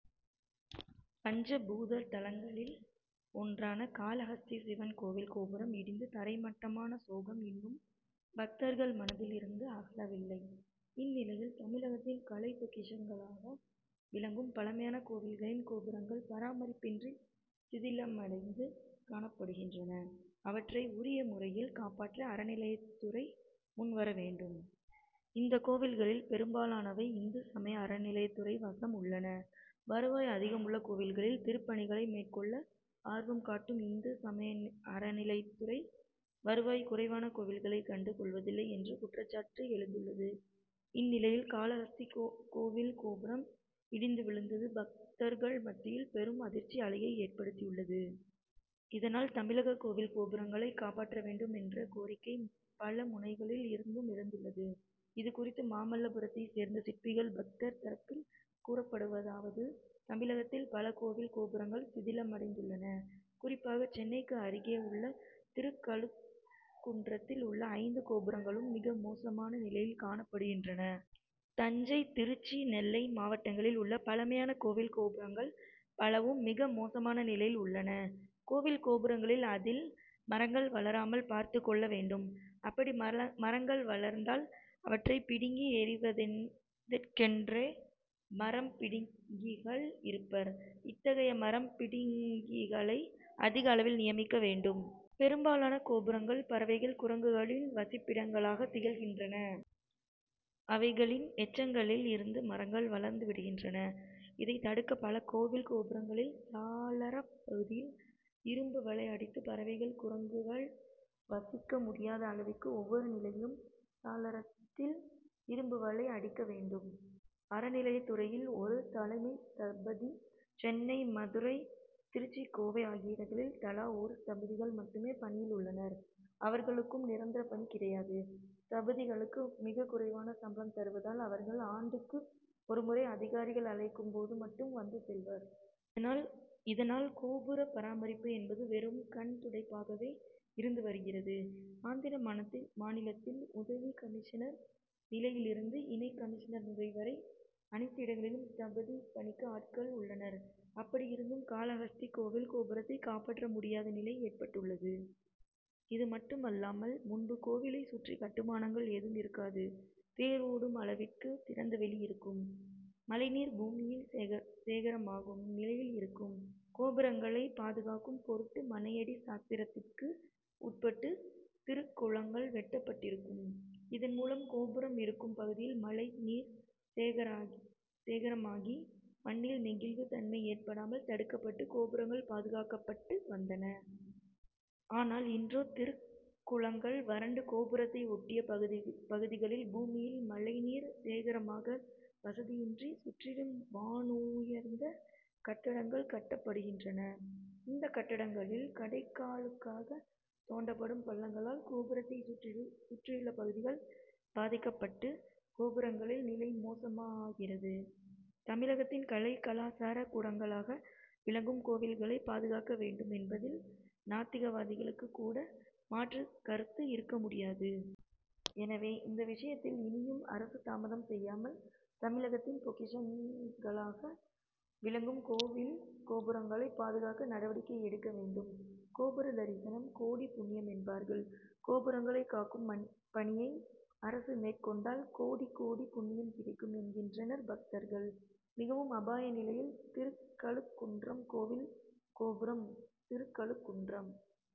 பஞ்ச பூத தலங்களில் ஒன்றான காளஹஸ்தி சிவன் கோவில் கோபுரம் இடிந்து தரை மட்டமான சோகம் இன்னும் பக்தர்கள் மனதில் இருந்து அகலவில்லை. இந்நிலையில் தமிழகத்தின் கலை பொக்கிஷங்களாக விளங்கும் பழமையான கோவில்களின் கோபுரங்கள் பராமரிப்பின்றி சிதிலமடைந்து காணப்படுகின்றன. அவற்றை உரிய முறையில் காப்பாற்ற அறநிலையத்துறை முன் வரவேண்டும். இந்த கோவில்களில் பெரும்பாலானவை இந்து சமய அறநிலையத்துறை வசம் உள்ளன. வருவாய் அதிகமுள்ள கோவில்களில் திருப்பணிகளை மேற்கொள்ள ஆர்வம் காட்டும் இந்து சமய அறநிலையத்துறை வருவாய் குறைவான கோவில்களை கண்டு கொள்வதில்லை என்ற குற்றச்சாட்டு எழுந்துள்ளது. இந்நிலையில் காளஹஸ்தி கோவில் கோபுரம் இடிந்து விழுந்தது பக்தர்கள் மத்தியில் பெரும் அதிர்ச்சி அலையை ஏற்படுத்தியுள்ளது. இதனால் தமிழக கோவில் கோபுரங்களை காப்பாற்ற வேண்டும் என்ற கோரிக்கை பல முனைகளில் இருந்தும் எழுந்துள்ளது. இது குறித்து மாமல்லபுரத்தை சேர்ந்த சிற்பிகள் பக்தர்கள் தரப்பில் கூறப்படுவதாவது: தமிழகத்தில் பல கோவில் கோபுரங்கள் சிதலமடைந்துள்ளன. குறிப்பாக சென்னைக்கு அருகே உள்ள திருக்கழுக்குன்றத்தில் உள்ள ஐந்து கோபுரங்களும் மிக மோசமான நிலையில் காணப்படுகின்றன. தஞ்சை திருச்சி நெல்லை மாவட்டங்களில் உள்ள பழமையான கோவில் கோபுரங்கள் பலவும் மிக மோசமான நிலையில் உள்ளன. கோவில் கோபுரங்களில் அதில் மரங்கள் வளராமல் பார்த்துக் கொள்ள வேண்டும். அப்படி மரங்கள் வளர்ந்தால் அவற்றை பிடுங்கி எறிவதெற்கென்றே மரம் பிடுங்கிகள்' இருப்பர். இத்தகைய மரம் பிடிங்கிகளை' அதிக அளவில் நியமிக்க வேண்டும். பெரும்பாலான கோபுரங்கள் பறவைகள் குரங்குகளின் வசிப்பிடங்களாக திகழ்கின்றன. அவைகளின் எச்சங்களில் இருந்து மரங்கள் வளர்ந்து விடுகின்றன. இதை தடுக்க பல கோவில் கோபுரங்களில் சாளரப் பகுதியில் இரும்பு வலை அடித்து பறவைகள் குரங்குகள் வசிக்க முடியாத அளவிற்கு ஒவ்வொரு நிலையிலும் சாளரத்தில் இரும்பு வலை அடிக்க வேண்டும். அறநிலையத்துறையில் ஒரு தலைமை ஸ்தபதி சென்னை மதுரை திருச்சி கோவை ஆகிய இடங்களில் தலா ஒரு ஸ்தபதிகள் மட்டுமே பணியில் உள்ளனர். அவர்களுக்கும் நிரந்தர பணி கிடையாது. ஸ்தபதிகளுக்கு மிக குறைவான சம்பளம் தருவதால் அவர்கள் ஆண்டுக்கு ஒரு முறை அதிகாரிகள் அழைக்கும் போது மட்டும் வந்து செல்வர். இதனால் கோபுர பராமரிப்பு என்பது வெறும் கண்துடைப்பாகவே இருந்து வருகிறது. ஆந்திர மாநிலத்தில் உதவி கமிஷனர் நிலையில் இருந்து இணை கமிஷனர் நிலை வரை அனைத்து இடங்களிலும் ஸ்தபதி பணிக்கு ஆட்கள் உள்ளனர். அப்படி இருந்தும் காளஹஸ்தி கோவில் கோபுரத்தை காப்பாற்ற முடியாத நிலை ஏற்பட்டுள்ளது. இது மட்டுமல்லாமல் முன்பு கோவிலை சுற்றி கட்டுமானங்கள் ஏதும் இருக்காது. தேர் ஓடும் அளவிற்கு திறந்த வெளி இருக்கும். மழை நீர் பூமியில் சேகரமாகும் நிலையில் இருக்கும். கோபுரங்களை பாதுகாக்கும் பொருட்டு மனையடி சாஸ்திரத்திற்கு உட்பட்டு திருக்குளங்கள் வெட்டப்பட்டிருக்கும். இதன் மூலம் கோபுரம் இருக்கும் பகுதியில் மழை நீர் சேகரமாகி மண்ணில் நெகிழ்வு தன்மை ஏற்படாமல் தடுக்கப்பட்டு கோபுரங்கள் பாதுகாக்கப்பட்டு வந்தன. ஆனால் இன்றோ திருக்குளங்கள் வறண்டு கோபுரத்தை ஒட்டிய பகுதிகளில் பூமியில் மழை நீர் சேகரமாக வசதியின்றி சுற்றிலும் வானூயர்ந்த கட்டடங்கள் கட்டப்படுகின்றன. இந்த கட்டடங்களின் கடைக்காலுக்காக தோண்டப்படும் பள்ளங்களால் கோபுரத்தை சுற்றியுள்ள பகுதிகள் பாதிக்கப்பட்டு கோபுரங்களின் நிலை மோசமாகிறது. தமிழகத்தின் கலை கலாசார கூடங்களாக விளங்கும் கோவில்களை பாதுகாக்க வேண்டும் என்பதில் நாத்திகவாதிகளுக்கு கூட மாற்று கருத்து இருக்க முடியாது. எனவே இந்த விஷயத்தில் இனியும் அரசு தாமதம் செய்யாமல் தமிழகத்தின் பொக்கிஷங்களாக விளங்கும் கோவில் கோபுரங்களை பாதுகாக்க நடவடிக்கை எடுக்க வேண்டும். கோபுர தரிசனம்; கோடி புண்ணியம்' என்பார்கள். கோபுரங்களை காக்கும் பணியை அரசு மேற்கொண்டால் கோடி கோடி புண்ணியம் கிடைக்கும் என்கின்றனர் பக்தர்கள். மிகவும் அபாய நிலையில் திருக்கழுக்குன்றம் கோவில் கோபுரம்: திருக்கழுக்குன்றம்